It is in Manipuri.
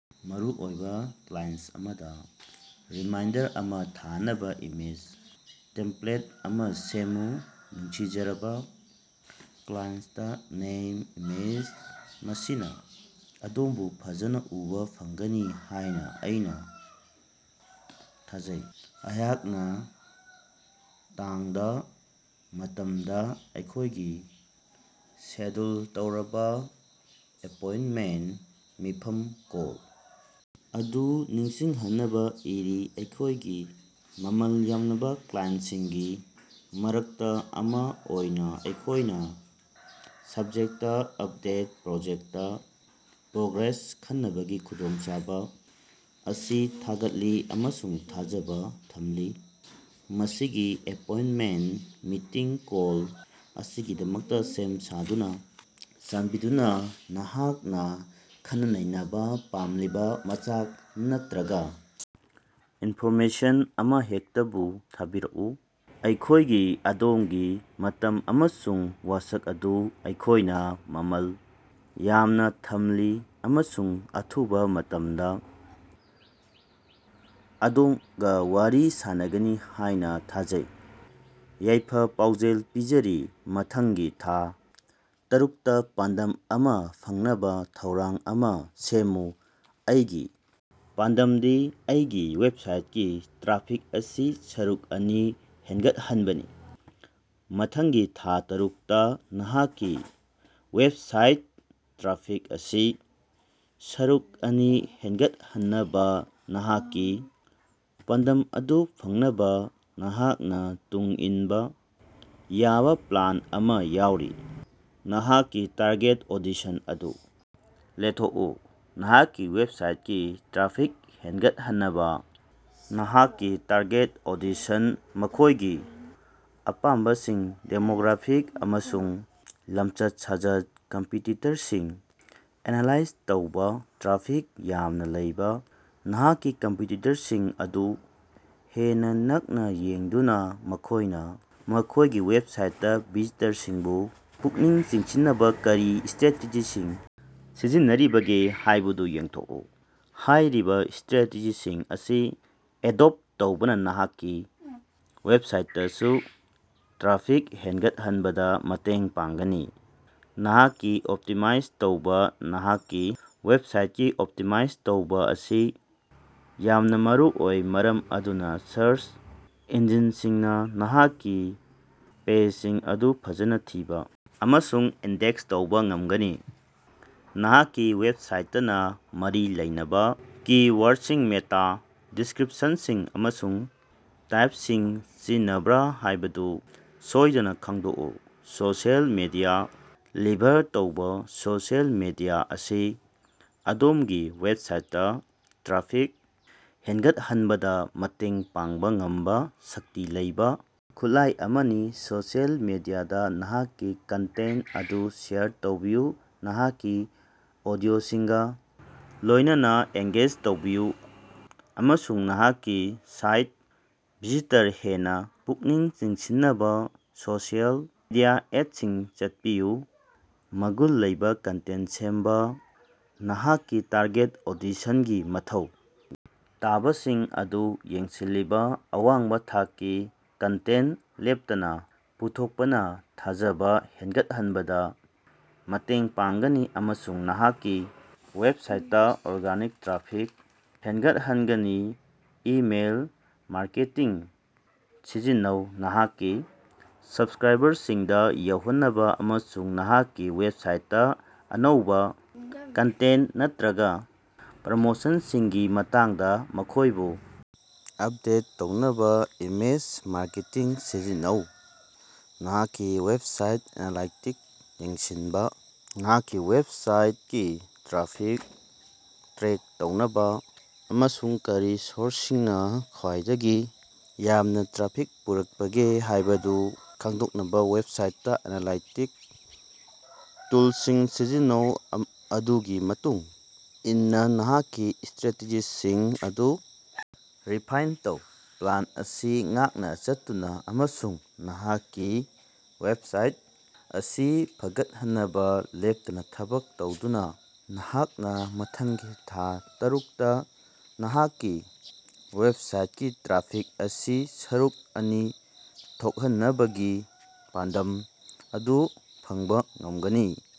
ꯃꯔꯨꯑꯣꯏꯕꯥ ꯀ꯭ꯂꯥꯏꯟꯁ ꯑꯃꯗꯥ ꯔꯤꯃꯥꯏꯟꯗꯔ ꯑꯃꯥ ꯊꯥꯅꯕꯥ ꯏꯃꯦꯖ ꯇꯦꯝꯄ꯭ꯂꯦꯠ ꯑꯃꯥ ꯁꯦꯝꯃꯨ꯫ ꯅꯨꯡꯁꯤꯖꯔꯕꯥ ꯀ꯭ꯂꯥꯏꯟꯁꯇ ꯅꯦꯝ, ꯏꯃꯦꯖ ꯃꯁꯤꯅꯥ ꯑꯗꯣꯝꯕꯨ ꯐꯖꯅꯥ ꯎꯕꯥ ꯐꯪꯒꯅꯤ ꯍꯥꯢꯅꯥ ꯑꯩꯅꯥ ꯊꯥꯖꯩ꯫ ꯑꯩꯍꯥꯛꯅꯥ ꯇꯥꯡ ꯗꯥ ,ꯃꯇꯝ ꯗꯥ ꯑꯩꯈꯣꯢꯒꯤ ꯁꯦꯗ꯭ꯌꯨꯜ ꯇꯧꯔꯕꯥ ꯑꯦꯄꯣꯏꯟꯇꯃꯦꯟꯠ ꯃꯤꯐꯝ ꯀꯣꯜ ꯑꯗꯨ ꯅꯤꯡꯁꯤꯡꯍꯟꯅꯕꯥ ꯏꯔꯤ꯫ ꯑꯩꯈꯣꯢꯒꯤ ꯃꯃꯜ ꯌꯥꯝꯂꯕꯥ ꯀ꯭ꯂꯥꯏꯟꯁꯁꯤꯡꯒꯤ ꯃꯔꯛꯇꯥ ꯑꯃꯥ ꯑꯣꯏꯅꯥ ꯑꯩꯈꯣꯢꯅꯥ ꯁꯕꯖꯦꯛꯇ ꯑꯞꯗꯦꯠ ꯄ꯭ꯔꯣꯖꯦꯛꯇ ꯄ꯭ꯔꯣꯒ꯭ꯔꯦꯁ ꯈꯟꯅꯕꯒꯤ ꯈꯨꯗꯣꯡꯆꯥꯕꯥ ꯑꯁꯤ ꯊꯥꯒꯠꯂꯤ ꯑꯃꯁꯨꯡ ꯊꯥꯖꯕꯥ ꯊꯝꯂꯤ꯫ ꯃꯁꯤꯒꯤ ꯑꯦꯄꯣꯏꯟꯇꯃꯦꯟꯠ ꯃꯤꯇꯤꯡ ꯀꯣꯜ ꯑꯁꯤꯒꯤꯗꯃꯛꯇꯥ ꯁꯦꯝ-ꯁꯥꯗꯨꯅꯥ, ꯆꯥꯟꯕꯤꯗꯨꯅꯥ ꯅꯍꯥꯛꯅꯥ ꯈꯟꯅꯅꯩꯅꯕꯥ ꯄꯥꯝꯂꯤꯕꯥ ꯃꯆꯥꯛ ꯅꯠꯇ꯭ꯔꯒꯥ ꯏꯟꯐꯣꯔꯃꯦꯁꯟ ꯑꯃꯍꯦꯛꯇꯕꯨ ꯊꯥꯕꯤꯔꯛꯎ꯫ ꯑꯩꯈꯣꯢꯒꯤ ꯑꯗꯣꯝꯒꯤ ꯃꯇꯝ ꯑꯃꯁꯨꯡ ꯋꯥꯁꯛ ꯑꯗꯨ ꯑꯩꯈꯣꯢꯅꯥ ꯃꯃꯜ ꯌꯥꯝꯅꯥ ꯊꯝꯂꯤ ꯑꯃꯁꯨꯡ ꯑꯊꯨꯕꯥ ꯃꯇꯝꯗꯥ ꯑꯗꯣꯝꯒꯥ ꯋꯥꯔꯤ ꯁꯥꯅꯒꯅꯤ ꯍꯥꯢꯅꯥ ꯊꯥꯖꯩ꯫ ꯌꯥꯏꯐ-ꯄꯥꯎꯖꯦꯜ ꯄꯤꯖꯔꯤ ꯃꯊꯪꯒꯤ ꯊꯥ ꯇꯔꯨꯛꯇꯥ ꯄꯥꯟꯗꯝ ꯑꯃꯥ ꯐꯪꯅꯕꯥ ꯊꯧꯔꯥꯡ ꯑꯃꯥ ꯁꯦꯝꯃꯨ꯫ ꯑꯩꯒꯤ ꯄꯥꯟꯗꯝꯗꯤ ꯑꯩꯒꯤ ꯋꯦꯕꯁꯥꯏꯠꯀꯤ ꯇ꯭ꯔꯥꯐꯤꯛ ꯑꯁꯤ ꯁꯔꯨꯛ ꯑꯅꯤ ꯍꯦꯟꯒꯠꯍꯟꯕꯅꯤ꯫ ꯃꯊꯪꯒꯤ ꯊꯥ ꯇꯔꯨꯛꯇꯥ ꯅꯍꯥꯛꯀꯤ ꯋꯦꯕꯁꯥꯏꯠ ꯇ꯭ꯔꯥꯐꯤꯛ ꯑꯁꯤ ꯁꯔꯨꯛ ꯑꯅꯤ ꯍꯦꯟꯒꯠꯍꯟꯅꯕꯥ ꯅꯍꯥꯛꯀꯤ ꯄꯥꯟꯗꯝ ꯑꯗꯨ ꯐꯪꯅꯕꯥ ꯅꯍꯥꯛꯅꯥ ꯇꯨꯡ ꯏꯟꯕꯥ ꯌꯥꯕꯥ ꯄ꯭ꯂꯥꯟ ꯑꯃꯥ ꯌꯥꯎꯔꯤ, ꯅꯍꯥꯛꯀꯤ ꯇꯥꯔꯒꯦꯠ ꯑꯣꯗꯤꯁꯟ ꯑꯗꯨ ꯂꯦꯊꯣꯛꯎ: ꯅꯍꯥꯛꯀꯤ ꯋꯦꯕꯁꯥꯏꯠꯀꯤ ꯇ꯭ꯔꯥꯐꯤꯛ ꯍꯦꯟꯒꯠꯍꯟꯅꯕꯥ, ꯅꯍꯥꯛꯀꯤ ꯇꯥꯔꯒꯦꯠ ꯑꯣꯗꯤꯁꯟ- ꯃꯈꯣꯢꯒꯤ ꯑꯄꯥꯝꯕꯁꯤꯡ, ꯗꯦꯃꯣꯒ꯭ꯔꯥꯐꯤꯛ ꯑꯃꯁꯨꯡ ꯂꯝꯆꯠ-ꯁꯥꯖꯠ꯫ ꯀꯝꯄꯤꯇꯤꯇꯔꯁꯤꯡ ꯑꯦꯅꯥꯂꯥꯏꯖ ꯇꯧꯕꯥ ꯇ꯭ꯔꯥꯐꯤꯛ ꯌꯥꯝꯅꯥ ꯂꯩꯕꯥ ꯅꯍꯥꯛꯀꯤ ꯀꯝꯄꯤꯇꯤꯇꯔꯁꯤꯡ ꯑꯗꯨ ꯍꯦꯟꯅꯥ ꯅꯛꯅꯥ ꯌꯦꯡꯗꯨꯅꯥ ꯃꯈꯣꯢꯅꯥ ꯃꯈꯣꯢꯒꯤ ꯋꯦꯕꯁꯥꯏꯠꯇꯥ ꯚꯤꯖꯤꯇꯔꯁꯤꯡꯕꯨ ꯄꯨꯛꯅꯤꯡ ꯆꯤꯡꯁꯤꯟꯅꯕꯥ ꯀꯔꯤ ꯁꯇ꯭ꯔꯦꯇꯦꯖꯤꯁꯤꯡ ꯁꯤꯖꯤꯟꯅꯔꯤꯕꯒꯦ ꯍꯥꯢꯕꯗꯨ ꯌꯦꯡꯊꯣꯛꯎ꯫ ꯍꯥꯏꯔꯤꯕꯥ ꯁꯇ꯭ꯔꯦꯇꯦꯖꯤꯁꯤꯡ ꯑꯁꯤ ꯑꯦꯗꯣꯞꯇ ꯇꯧꯕꯅꯥ ꯅꯍꯥꯛꯀꯤ ꯋꯦꯕꯁꯥꯏꯇꯗꯁꯨ ꯇ꯭ꯔꯥꯐꯤꯛ ꯍꯦꯡꯒꯠꯍꯟꯕꯗꯥ ꯃꯇꯦꯡ ꯄꯥꯡꯒꯅꯤ꯫ ꯅꯍꯥꯛꯀꯤ ꯑꯣꯞꯇꯤꯃꯥꯏꯖ ꯇꯧꯕꯥ ꯅꯍꯥꯛꯀꯤ ꯋꯦꯕꯁꯥꯏꯇꯀꯤ ꯑꯣꯞꯇꯤꯃꯥꯏꯖ ꯇꯧꯕꯥ ꯑꯁꯤ ꯌꯥꯝꯅꯥ ꯃꯔꯨꯑꯣꯏ ꯃꯔꯝ ꯑꯗꯨꯅꯥ ꯁꯔꯆ ꯏꯟꯖꯤꯟꯁꯤꯡꯅꯥ ꯅꯍꯥꯛꯀꯤ ꯄꯦꯖꯁꯤꯡ ꯑꯗꯨ ꯐꯖꯅꯥ ꯊꯤꯕꯥ ꯑꯃꯁꯨꯡ ꯏꯟꯗꯦꯛꯁ ꯇꯧꯕꯥ ꯉꯝꯒꯅꯤ꯫ ꯅꯍꯥꯛꯀꯤ ꯋꯦꯕꯁꯥꯏꯇꯅꯥ ꯃꯔꯤ ꯂꯩꯅꯕꯥ ꯀꯤ-ꯋꯥꯔꯗꯁꯤꯡ ꯃꯦꯇꯥ ꯗꯤꯁꯀ꯭ꯔꯤꯞꯁꯟꯁꯤꯡ ꯑꯃꯁꯨꯡ ꯇꯥꯏꯞꯁꯤꯡ ꯁꯤꯖꯤꯟꯅꯕ꯭ꯔꯥ ꯍꯥꯢꯕꯗꯨ ꯁꯣꯢꯗꯅꯥ ꯈꯪꯗꯣꯛꯎ꯫ ꯁꯣꯁꯤꯑꯦꯜ ꯃꯤꯗꯤꯌꯥ ꯂꯤꯚꯔ ꯇꯧꯕꯥ: ꯁꯣꯁꯤꯑꯦꯜ ꯃꯤꯗꯤꯌꯥ ꯑꯁꯤ ꯑꯗꯣꯝꯒꯤ ꯋꯦꯕꯁꯥꯏꯠꯇꯥ ꯇ꯭ꯔꯥꯐꯤꯛ ꯍꯦꯟꯒꯠꯍꯟꯕꯗꯥ ꯃꯇꯦꯡ ꯄꯥꯡꯕꯥ ꯉꯝꯕꯥ ꯁꯛꯇꯤ ꯂꯩꯕꯥ ꯈꯨꯠꯂꯥꯢ ꯑꯃꯅꯤ꯫ ꯁꯣꯁꯤꯑꯦꯜ ꯃꯤꯗꯤꯌꯥꯗꯥ ꯅꯍꯥꯛꯀꯤ ꯀꯟꯇꯦꯟꯇ ꯑꯗꯨ ꯁꯦꯌꯔ ꯇꯧꯕꯤꯌꯨ, ꯅꯍꯥꯛꯀꯤ ꯑꯣꯗꯤꯑꯣꯁꯤꯡꯒꯥ ꯂꯣꯢꯅꯅꯥ ꯑꯦꯡꯒꯦꯖ ꯇꯧꯕꯤꯌꯨ ꯑꯃꯁꯨꯡ ꯅꯍꯥꯛꯀꯤ ꯁꯥꯏꯇ ꯚꯤꯖꯤꯇꯔ ꯍꯦꯟꯅꯥ ꯄꯨꯛꯅꯤꯡ ꯆꯤꯡꯁꯤꯟꯅꯕꯥ ꯁꯣꯁꯤꯑꯦꯜ ꯃꯤꯗꯤꯌꯥ ꯑꯦꯗꯁꯤꯡ ꯆꯠꯄꯤꯌꯨ꯫ ꯃꯒꯨꯟ ꯂꯩꯕꯥ ꯀꯟꯇꯦꯟꯇ ꯁꯦꯝꯕꯥ: ꯅꯍꯥꯛꯀꯤ ꯇꯥꯔꯒꯦꯠ ꯑꯣꯗꯤꯁꯟꯒꯤ ꯃꯊꯧ ꯇꯥꯕꯁꯤꯡ ꯑꯗꯨ ꯌꯦꯡꯁꯤꯜꯂꯤꯕꯥ ꯑꯋꯥꯡꯕꯥ ꯊꯥꯛꯀꯤ ꯀꯟꯇꯦꯟꯇ ꯂꯦꯞꯇꯅꯥ ꯄꯨꯊꯣꯛꯄꯅꯥ ꯊꯥꯖꯕꯥ ꯍꯦꯟꯒꯠꯍꯟꯕꯗꯥ ꯃꯇꯦꯡ ꯄꯥꯡꯒꯅꯤ ꯑꯃꯁꯨꯡ ꯅꯍꯥꯛꯀꯤ ꯋꯦꯕꯁꯥꯏꯠꯇꯥ ꯑꯣꯔꯒꯥꯅꯤꯛ ꯇ꯭ꯔꯥꯐꯤꯛ ꯍꯦꯟꯒꯠꯍꯟꯒꯅꯤ꯫ ꯏꯃꯦꯜ ꯃꯥꯔꯀꯦꯇꯤꯡ ꯁꯤꯖꯤꯟꯅꯧ: ꯅꯍꯥꯛꯀꯤ ꯁꯕꯁ꯭ꯛꯔꯥꯏꯕꯔꯁꯤꯡꯗꯥ ꯌꯧꯍꯟꯅꯕꯥ ꯑꯃꯁꯨꯡ ꯅꯍꯥꯛꯀꯤ ꯋꯦꯕꯁꯥꯏꯠꯇꯥ ꯑꯅꯧꯕꯥ ꯀꯟꯇꯦꯟꯇ ꯅꯠꯇ꯭ꯔꯒꯥ ꯄ꯭ꯔꯣꯃꯣꯁꯟꯁꯤꯡꯒꯤ ꯃꯇꯥꯡꯗꯥ ꯃꯈꯣꯢꯕꯨ ꯑꯞꯗꯦꯠ ꯇꯧꯅꯕꯥ ꯏꯃꯦꯖ ꯃꯥꯔꯀꯦꯇꯤꯡ ꯁꯤꯖꯤꯟꯅꯧ꯫ ꯅꯍꯥꯛꯀꯤ ꯋꯦꯕꯁꯥꯏꯠ ꯑꯦꯅꯥꯂꯥꯏꯇꯤꯛꯁ ꯌꯦꯡꯁꯤꯟꯕꯥ: ꯅꯍꯥꯛꯀꯤ ꯋꯦꯕꯁꯥꯏꯠꯀꯤ ꯇ꯭ꯔꯥꯐꯤꯛ ꯇ꯭ꯔꯦꯛ ꯇꯧꯅꯕꯥ ꯑꯃꯁꯨꯡ ꯀꯔꯤ ꯁꯣꯔꯁꯁꯤꯡꯅꯥ ꯈ꯭ꯋꯥꯏꯗꯒꯤ ꯌꯥꯝꯅꯥ ꯇ꯭ꯔꯥꯐꯤꯛ ꯄꯨꯔꯛꯄꯒꯦ ꯍꯥꯢꯕꯗꯨ ꯈꯪꯗꯣꯛꯅꯕꯥ ꯋꯦꯕꯁꯥꯏꯠ ꯑꯦꯅꯥꯂꯥꯏꯇꯤꯛꯁ ꯇꯨꯜꯁꯤꯡ ꯁꯤꯖꯤꯟꯅꯧ꯫ ꯑꯗꯨꯒꯤ ꯃꯇꯨꯡ ꯏꯟꯅꯥ ꯅꯍꯥꯛꯀꯤ ꯁꯇ꯭ꯔꯦꯇꯦꯖꯤꯁꯤꯡ ꯑꯗꯨ ꯔꯤꯐꯥꯏꯟꯅꯥ ꯇꯧ꯫ ꯄ꯭ꯂꯥꯟ ꯑꯁꯤ ꯉꯥꯛꯅꯥ ꯆꯠꯇꯨꯅꯥ ꯑꯃꯁꯨꯡ ꯅꯍꯥꯛꯀꯤ ꯋꯦꯕꯁꯥꯏꯠ ꯑꯁꯤ ꯐꯒꯠꯍꯟꯅꯕꯥ ꯂꯦꯞꯇꯅꯥ ꯊꯕꯛ ꯇꯧꯗꯨꯅꯥ, ꯅꯍꯥꯛꯅꯥ ꯃꯊꯪꯒꯤ ꯊꯥ ꯇꯔꯨꯛꯇꯥ ꯅꯍꯥꯛꯀꯤ ꯋꯦꯕꯁꯥꯏꯠꯀꯤ ꯇ꯭ꯔꯥꯐꯤꯛ ꯑꯁꯤ ꯁꯔꯨꯛ ꯑꯅꯤ ꯊꯣꯛꯍꯟꯅꯕꯒꯤ ꯄꯥꯟꯗꯝ ꯑꯗꯨ ꯐꯪꯕꯥ ꯉꯝꯒꯅꯤ꯫